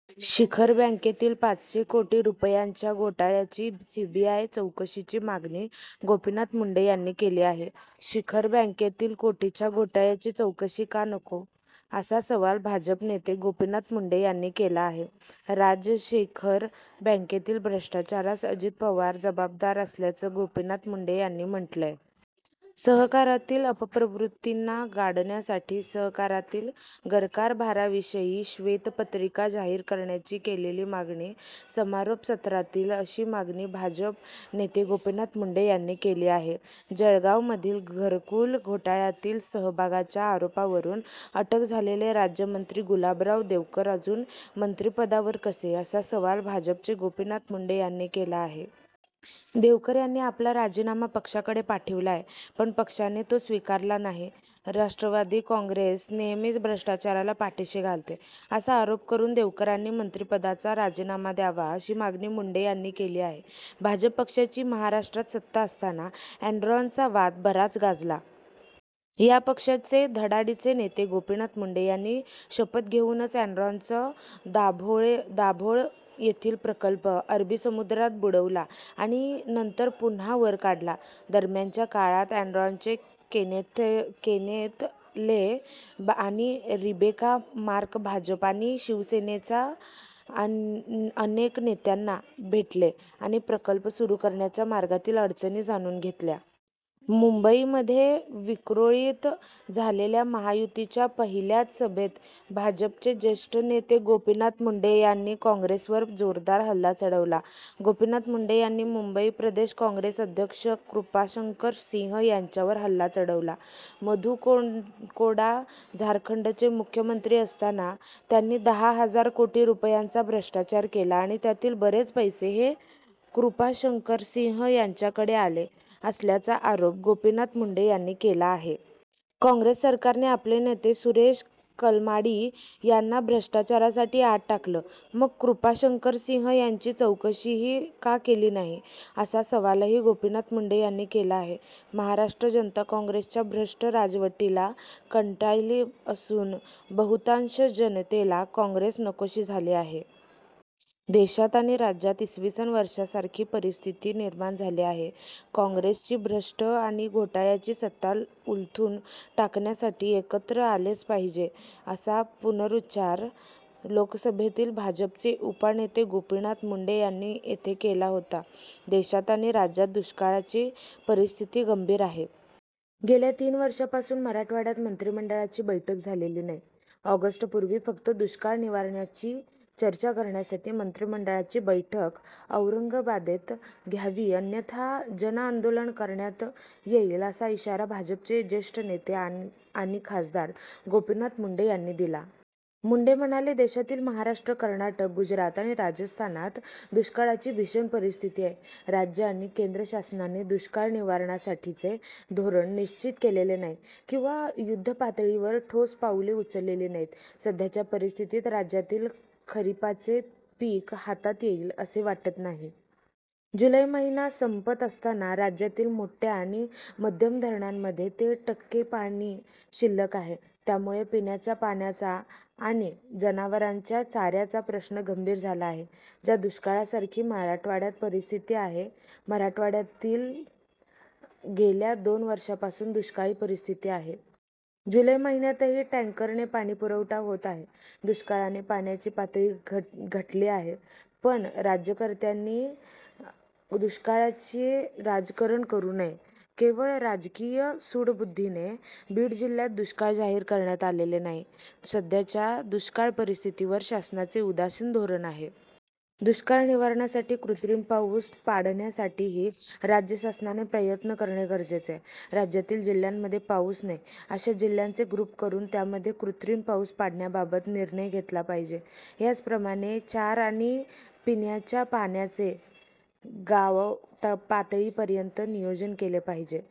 शिखर बँकेतील पाचशे कोटी रूपयांच्या घोटाळ्याची सीबीआय चौकशीची मागणी गोपीनाथ मुंडे यांनी केली आहे. शिखर बँकेतील कोटीच्या घोटाळ्याची चौकशी का नको? असा सवाल भाजप नेते गोपीनाथ मुंडे यांनी केला आहे. राज्य शिखर बँकेतील भ्रष्टाचारास अजित पवार जवाबदार असल्याचं गोपीनाथ मुंडे यांनी म्हटलंय. सहकारातील अपप्रवृत्तींना गाडण्यासाठी सहकारातील गरकारभाराविषयी श्वेतपत्रिका जाहीर करण्याची केलेली मागणी समारोप सत्रातील अशी मागणी भाजप नेते गोपीनाथ मुंडे यांनी केली आहे. जळगावमधील घरकुल घोटाळ्यातील सहभागाच्या आरोपावरून अटक झालेले राज्यमंत्री गुलाबराव देवकर अजून मंत्रिपदावर कसे, असा सवाल भाजपचे गोपीनाथ मुंडे यांनी केला आहे. देवकर यांनी आपला राजीनामा पक्षाकडे पाठविला आहे, पण पक्षाने तो स्वीकारलेला नाही. राष्ट्रवादी काँग्रेस नेहमीच भ्रष्टाचाराला पाठीशी घालते, असा आरोप करून देवकरांनी मंत्रिपदाचा राजीनामा द्यावा अशी मागणी मुंडे यांनी केली आहे. भाजप पक्षाची महाराष्ट्रात सत्ता असताना एन्रॉनचा वाद बराच गाजला. या पक्षाचे धडाडीचे नेते गोपीनाथ मुंडे यांनी शपथ घेऊन एन्रॉनचा दाभोळ येथील प्रकल्प अरबी समुद्रात बुडवला आणि नंतर पुन्हा वर काढला. दरम्यानच्या काळात एन्रॉनचे केनेथ ले आणि रिबेका मार्क भाजप आणि शिवसेनेच्या अनेक नेत्यांना भेटले आणि प्रकल्प सुरू करण्याच्या मार्गातील अडचणी जाणून घेतल्या. मुंबईमधये विक्रोळीत झालेल्या महायुतीच्या पहिल्याचं सभेत भाजपचे ज्येष्ठ नेते गोपीनाथ मुंडे यांनी काँग्रेसवर जोरदार हल्ला चढवला. गोपीनाथ मुंडे यांनी मुंबई प्रदेश काँग्रेस अध्यक्ष कृपाशंकर सिंह यांच्यावर हल्ला चढवला. मधू कोडा झारखंडचे मुख्यमंत्री असतांना त्यांनी दहा हजार कोटी रूपयांचा भ्रष्टाचार केला आणि त्यातील बरेच पैसे हे कृपाशंकरसिंह यांच्याकडे आले असल्याचा आरोप गोपीनाथ मुंडे यांनी केला आहे. काँग्रेस सरकारने आपले नेते सुरेश कलमाडी यांना भ्रष्टाचारासाठी आत टाकलं, मग कृपाशंकरसिंह यांची चौकशीही का केली नाही, असा सवालही गोपीनाथ मुंडे यांनी केला आहे. महाराष्ट्र जनता काँग्रेसच्या भ्रष्ट राजवटीला कंटाळली असून बहुतांश जनतेला काँग्रेस नकोशी झाली आहे. देशात आणि राज्यात इ. स. वर्षासारखी परिस्थिती निर्माण झाली आहे. काँग्रेसची भ्रष्ट आणि घोटाळ्याची सत्ता उलथून टाकण्यासाठी एकत्र आलेच पाहिजे', असा पुनरूच्चार लोकसभेतील भाजपचे उपनेते गोपीनाथ मुंडे यांनी येथे केला होता. देशात आणि राज्यात दुष्काळाची परिस्थिती गंभीर आहे. गेल्या तीन वर्षांपासून मराठवाड्यात मंत्रिमंडळाची बैठक झालेली नाही. ऑगस्टपूर्वी फक्त दुष्काळ निवारणाची चर्चा करण्यासाठी मंत्रिमंडळाची बैठक औरंगाबादेत घ्यावी अन्यथा जनआंदोलन करण्यात येईल असा इशारा भाजपचे ज्येष्ठ नेते आणि खासदार गोपीनाथ मुंडे यांनी दिला. मुंडे म्हणाले देशातील महाराष्ट्र, कर्नाटक, गुजरात आणि राजस्थानात दुष्काळाची भीषण परिस्थिती आहे. राज्य आणि केंद्र शासनाने दुष्काळ निवारणासाठीचे धोरण निश्चित केलेले नाही किंवा युद्धपातळीवर ठोस पाऊले उचललेली नाहीत. सध्याच्या परिस्थितीत राज्यातील खरिपाचे पीक हातात येईल असे वाटत नाही. जुलै महिना संपत असताना राज्यातील मोठ्या आणि मध्यम धरणांमध्ये ते टक्के पाणी शिल्लक आहे, त्यामुळे पिण्याच्या पाण्याचा आणि जनावरांच्या चाऱ्याचा प्रश्न गंभीर झाला आहे. च्या दुष्काळासारखी मराठवाड्यात परिस्थिती आहे. मराठवाड्यातही गेल्या दोन वर्षांपासून दुष्काळी परिस्थिती आहे. जुलै महिन्यातही टॅंकरने पाणी पुरवठा होत आहे. दुष्काळाने पाण्याची पातळी घटली आहे, पण राज्यकर्त्यांनी दुष्काळाचे राजकारण करू नये. केवळ राजकीय सूडबुद्धीने बीड जिल्ह्यात दुष्काळ जाहीर करण्यात आलेला नाही. सध्याच्या दुष्काळ परिस्थितीवर शासनाचे उदासीन धोरण आहे. दुष्काळ निवारणासाठी कृत्रिम पाऊस पाडण्यासाठीही राज्य शासनाने प्रयत्न करणे गरजेचे आहे. राज्यातील जिल्ह्यांमध्ये पाऊस नाही. अशा जिल्ह्यांचे ग्रुप करून त्यामध्ये कृत्रिम पाऊस पाडण्याबाबत निर्णय घेतला पाहिजे. त्याचप्रमाणे चारा आणि पिण्याच्या पाण्याचे गावपातळीपर्यंत नियोजन केले पाहिजे.